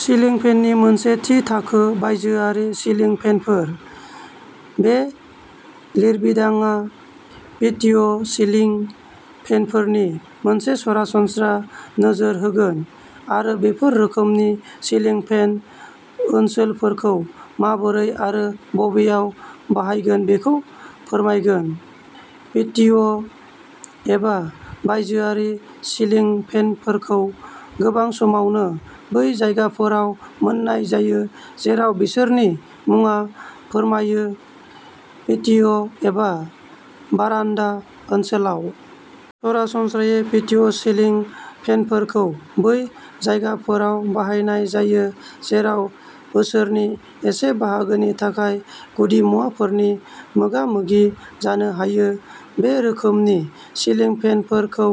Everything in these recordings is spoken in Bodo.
सिलिं फेननि मोनसे थि थाखो बायजोआरि सिलिं फेनफोर। बे लिरबिदांआ पेटिय'सिलिं फेनफोरनि मोनसे सरासनस्रा नोजोर होगोन आरो बेफोर रोखोमनि सिलिं फेन ओनसोलफोरखौ माबोरै आरो बबेयाव बाहायगोन बेखौ फोरमायगोन। पेटिय' एबा बायजोआरि सिलिं फेनफोरखौ गोबां समावनो बै जायगाफोराव मोन्नाय जायो जेराव बिसोरनि मुङा फोरमायो पेटिय' एबा बारान्दा ओनसोलाव। सरासनस्रायै पेटिय'सिलिं फेनफोरखौ बै जायगाफोराव बाहायनाय जायो जेराव बोसोरनि एसे बाहागोनि थाखाय गुदिमुवाफोरनि मोगामोगि जानो हायो। बे रोखोमनि सिलिं फेनफोरखौ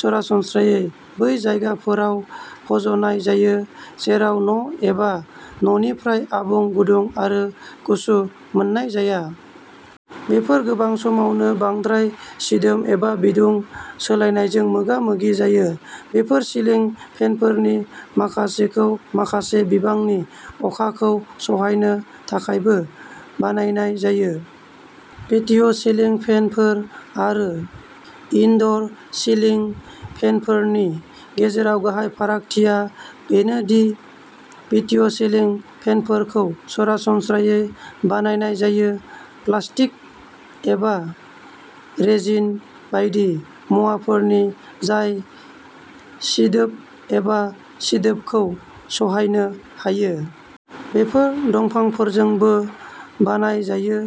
सरासनस्रायै बै जायगाफोराव फज'नाय जायो जेराव न' एबा न'निफ्राय आबुं गुदुं आरो गुसु मोननाय जाया। बेफोर गोबां समावनो बांद्राय सिदोब एबा बिदुं सोलायनायजों मोगा-मोगि जायो। बेफोर सिलिं फेनफोरनि माखासेखौ माखासे बिबांनि अखाखौ सहायनो थाखायबो बानायनाय जायो। पेटिय'सिलिं फेनफोर आरो इनड'र सिलिं फेनफोरनि गेजेराव गाहाय फारागथिया बेनो दि पेटिय'सिलिं फेनफोरखौ सरासनस्रायै बानायनाय जायो प्लास्टिक एबा रेजिन बायदि मुवाफोरनि जाय सिदोब एबा सिदोबखौ सहायनो हायो। बेफोर दंफांफोरजोंबो बानाय जायो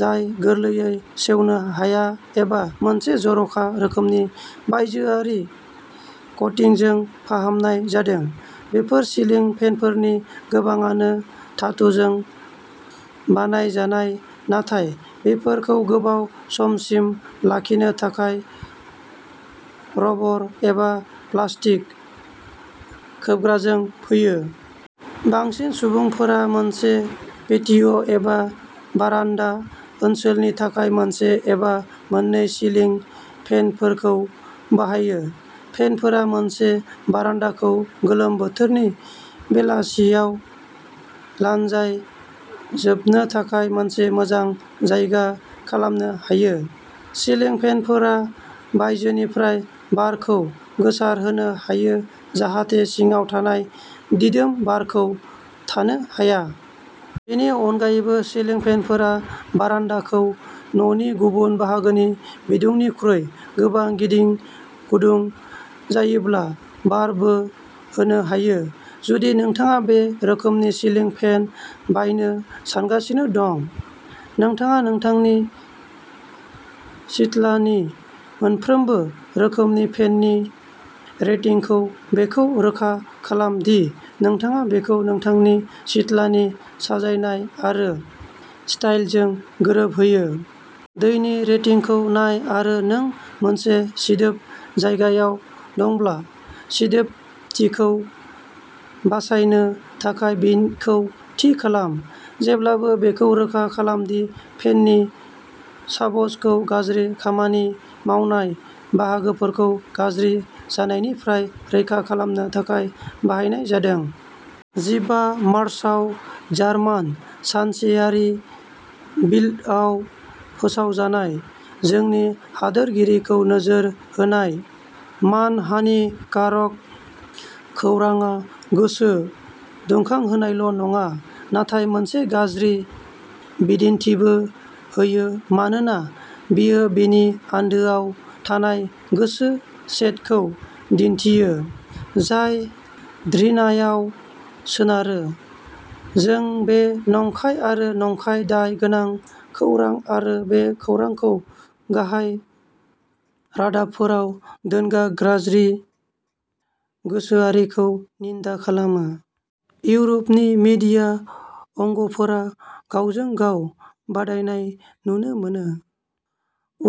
जाय गोरलैयै सेवनो हाया एबा मोनसे जर'खा रोखोमनि बायजोआरि क'टिंजों फाहामनाय जादों। बेफोर सिलिं फेनफोरनि गोबांआनो धातुजों बानायजानाय, नाथाय बेफोरखौ गोबाव समसिम लाखिनो थाखाय रबर एबा प्लास्टिक खोबग्राजों फैयो। बांसिन सुबुंफोरा मोनसे पेटिय' एबा बारान्दा ओनसोलनि थाखाय मोनसे एबा मोननै सिलिं फेनफोरखौ बाहायो। फेनफोरा मोनसे बारान्दाखौ गोलोम बोथोरनि बेलासियाव लानजाय जोबनो थाखाय मोनसे मोजां जायगा खालामनो हायो। सिलिं फेनफोरा बायजोनिफ्राय बारखौ गोसारहोनो हायो जाहाथे सिङाव थानाय दिदोम बारखौ थानो हाया। बेनि अनगायैबो, सिलिं फेनफोरा बारान्दाखौ न'नि गुबुन बाहागोनि बिदुंनिख्रुइ गोबां गिदिं गुदुं जायोब्ला बारबो होनो हायो। जुदि नोंथाङा बे रोखोमनि सिलिं फेन बायनो सानगासिनो दं। नोंथाङा नोंथांनि सिथलानि मोनफ्रोमबो रोखोमनि फेननि रेटिंखौ बेखौ रोखा खालाम दि नोंथाङा बेखौ नोंथांनि सिथलानि साजायनाय आरो स्टाइलजों गोरोबहोयो। दैनि रेटिंखौ नाय आरो नों मोनसे सिदोब जायगायाव दंब्ला, सिदोबथिखौ बासायनो थाखाय बेखौ थि खालाम। जेब्लाबो बेखौ रोखा खालाम दि फेननि साबसखौ गाज्रि खामानि मावनाय बाहागोफोरखौ गाज्रि जानायनिफ्राय रैखा खालामनो थाखाय बाहायनाय जादों। जिबा मार्चाव जार्मान सानसेयारि बिल्डआव फोसावजानाय जोंनि हादोरगिरिखौ नोजोर होनाय मानहानिकारक खौरांआ गोसो दुंखांहोनायल' नङा, नाथाय मोनसे गाज्रि बिदिन्थिबो होयो मानोना बेयो बेनि आन्दोआव थानाय गोसो सेटखौ दिन्थियो, जाय घृणायाव सोनारो। जों बे नंखाय आरो नंखाय दाय गोनां खौरां आरो बे खौरांखौ गाहाय रादाबफोराव दोनग्रा गाज्रि गोसोआरिखौ निन्दा खालामो। इउर'पनि मीडिया अंगफोरा गावजों-गाव बादायनाय नुनो मोनो।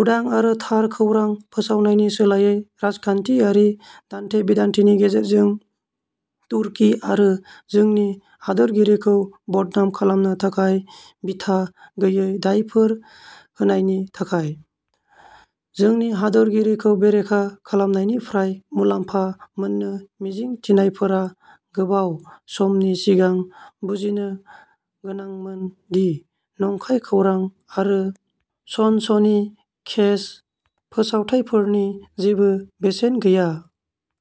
उदां आरो थार खौरां फोसावनायनि सोलायै राजखान्थियारि दान्थे-बिदान्थेनि गेजेरजों तुर्की आरो जोंनि हादोरगिरिखौ बदनाम खालामनो थाखाय बिथा गैयै दायफोर होनायनि थाखाय। जोंनि हादोरगिरिखौ बेरेखा खालामनायनिफ्राय मुलाम्फा मोननो मिजिं थिनायफोरा गोबाव समनि सिगां बुजिनो गोनांमोन दि नंखाय खौरां आरो सनसनीखेज फोसावथायफोरनि जेबो बेसेन गैया।